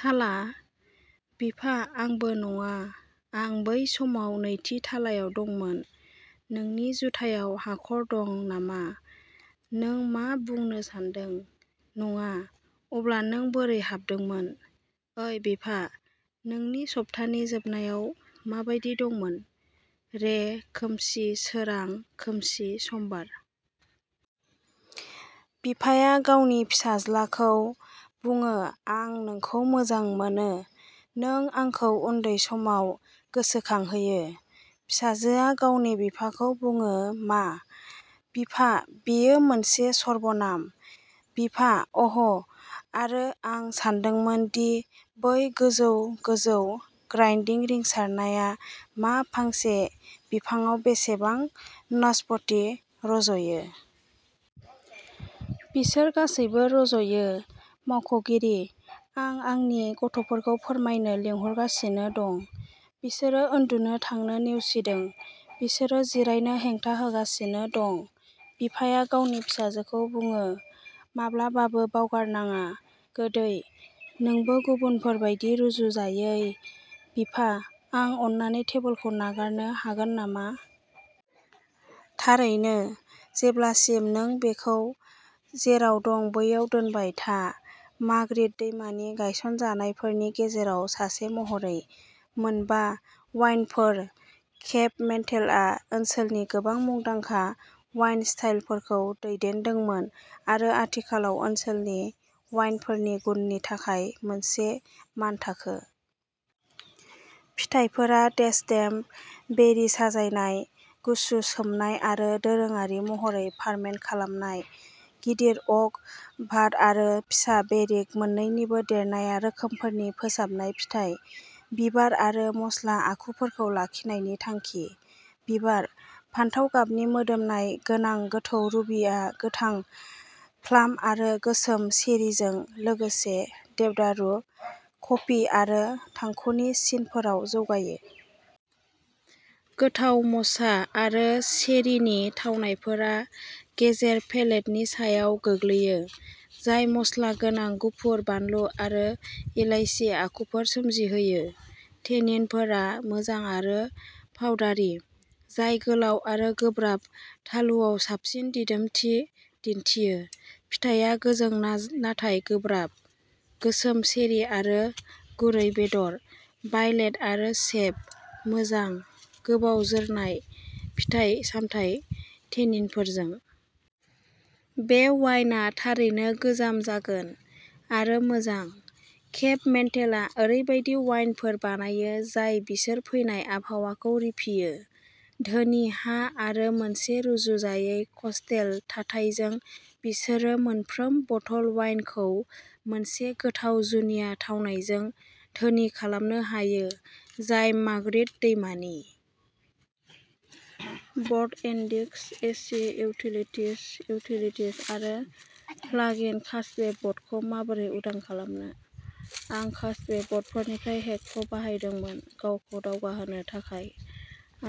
थाला? बिफा आंबो नङा, आं बै समाव नैथि थालायाव दंमोन। नोंनि जुथायाव हाखर दं नामा? नों मा बुंनो सान्दों, नङा, अब्ला नों बोरै हाबदोंमोन? ओइ बिफा, नोंनि सप्तानि जोबनायाव माबायदि दंमोन? रे, खोमसि, सोरां, खोमसि, समबार। बिफाया गावनि फिसाज्लाखौ बुङो आं नोंखौ मोजां मोनो। नों आंखौ उन्दै समाव गोसोखांहोयो। फिसाजोआ गावनि बिफाखौ बुङो मा? बिफा बेयो मोनसे सर्बनाम। बिफा अ'ह आरो आं सानदोंमोन दि बै गोजौ-गोजौ ग्राइन्डिं रिंसारनाया मा फांसे बिफांआव बेसेबां नासपति रज'यो? बिसोर गासैबो रज'यो। मावख'गिरि, आं आंनि गथ'फोरखौ फोरमायनो लिंहरगासिनो दं। बिसोरो उन्दुनो थांनो नेवसिदों। बिसोरो जिरायनो हेंथा होगासिनो दं। बिफाया गावनि फिसाजोखौ बुङोः "माब्लाबाबो बावगारनाङा, गोदै, नोंबो गुबुनफोर बायदि रुजुजायै।" बिफा, आं अन्नानै टेबोलखौ नागारनो हागोन नामा? थारैनो, जेब्लासिम नों बेखौ जेराव दं बैयाव दोनबाय था। मार्गारेट दैमानि गायसनजानायफोरनि गेजेराव सासे महरै। मोनबा' वाइनरिफोर, केप मेन्टेलआ ओनसोलनि गोबां मुंदांखा वाइन स्टाइलफोरखौ दैदेनदोंमोन आरो आथिखालाव ओनसोलनि वाइनफोरनि गुननि थाखाय मोनसे मानथाखो। फिथाइफोरा डेस्टेम्ड, बेरि साजायनाय, गुसु सोमनाय आरो दोरोङारि महरै फार्मेन्ट खालामनाय। गिदिर अक भाट आरो फिसा बेरिक मोन्नैनिबो देरनाया रोखोमफोरनि फोसाबनाय फिथाइ, बिबार आरो मस्ला आखुफोरखौ लाखिनायनि थांखि। बिबार, फान्थाव गाबनि मोदोमनाय गोनां गोथौ रुबिआ गोथां प्लाम आरो गोसोम चेरीजों लोगोसे देवदारु, कफि आरो थांखुनि सिनफोराव जौगायो। गोथाव म'चा आरो चेरीनि थावनायफोरा गेजेर-पेलेटनि सायाव गोग्लैयो, जाय मस्ला गोनां गुफुर बानलु आरो इलायसि आखुफोर सोमजिहोयो। टेनिनफोरा मोजां आरो पाउडारि, जाय गोलाव आरो गोब्राब थालुआव साबसिन दिदोमथि दिन्थियो। फिथायआ गोजों नाथाय गोब्राब, गोसोम चेरी आरो गुरै बेदर, भायलेट आरो सेप, मोजां, गोबाव जोरनाय, फिथाइ-सामथाय टेनिनफोरजों। बे वाइनआ थारैनो गोजाम जागोन, आरो मोजां। केप मेन्टेलआ ओरैबायदि वाइनफोर बानायो जाय बिसोर फैनाय आबहावाखौ रिफियो, धोनि हा आरो मोनसे रुजुजायै कस्टेल थाथायजों बिसोरो मोनफ्रोम बथल वाइनखौ मोनसे गोथाव जुनिया थावनायजों धोनि खालामनो हायो जाय मार्गारेट दैमानि। ब'र्ड इन्डेक्स एसि इउटिलितिज इउटिलितिज आरो प्लागिन कास्टवे बटखौ माबोरै उदां खालामनो? आं कास्टवे ब'टफोरनिफ्राय हेकखौ बाहायदोंमोन गावखौ दावगाहोनो थाखाय,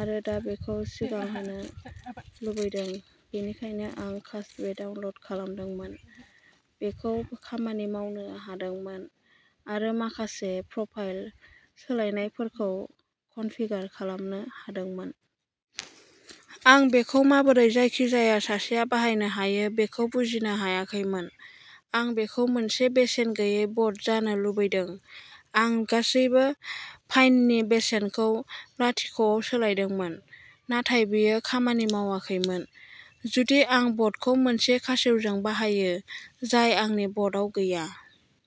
आरो दा बेखौ सिगां होनो लुबैदों बेनिखायनो आं कास्टवेखौ डाउनल'ड खालामदोंमोन। बेखौ खामानि मावनो हादोंमोन, आरो माखासे प्रफाइल सोलायनायफोरखौ कनफिगार खालामनो हादोंमोन। आं बेखौ माबोरै जायखिजाया सासेआ बाहायनो हायो बेखौ बुजिनो हायाखैमोन। आं बेखौ मोनसे बेसेन गैयै ब'ट जानो लुबैदों। आं गासिबो फाइन्टनि बेसेनखौ लाथिख'आव सोलायदोंमोन, नाथाय बेयो खामानि मावाखैमोन। जुदि आं ब'टखौ मोनसे खासेवजों बाहायो जाय आंनि ब'टआव गैया।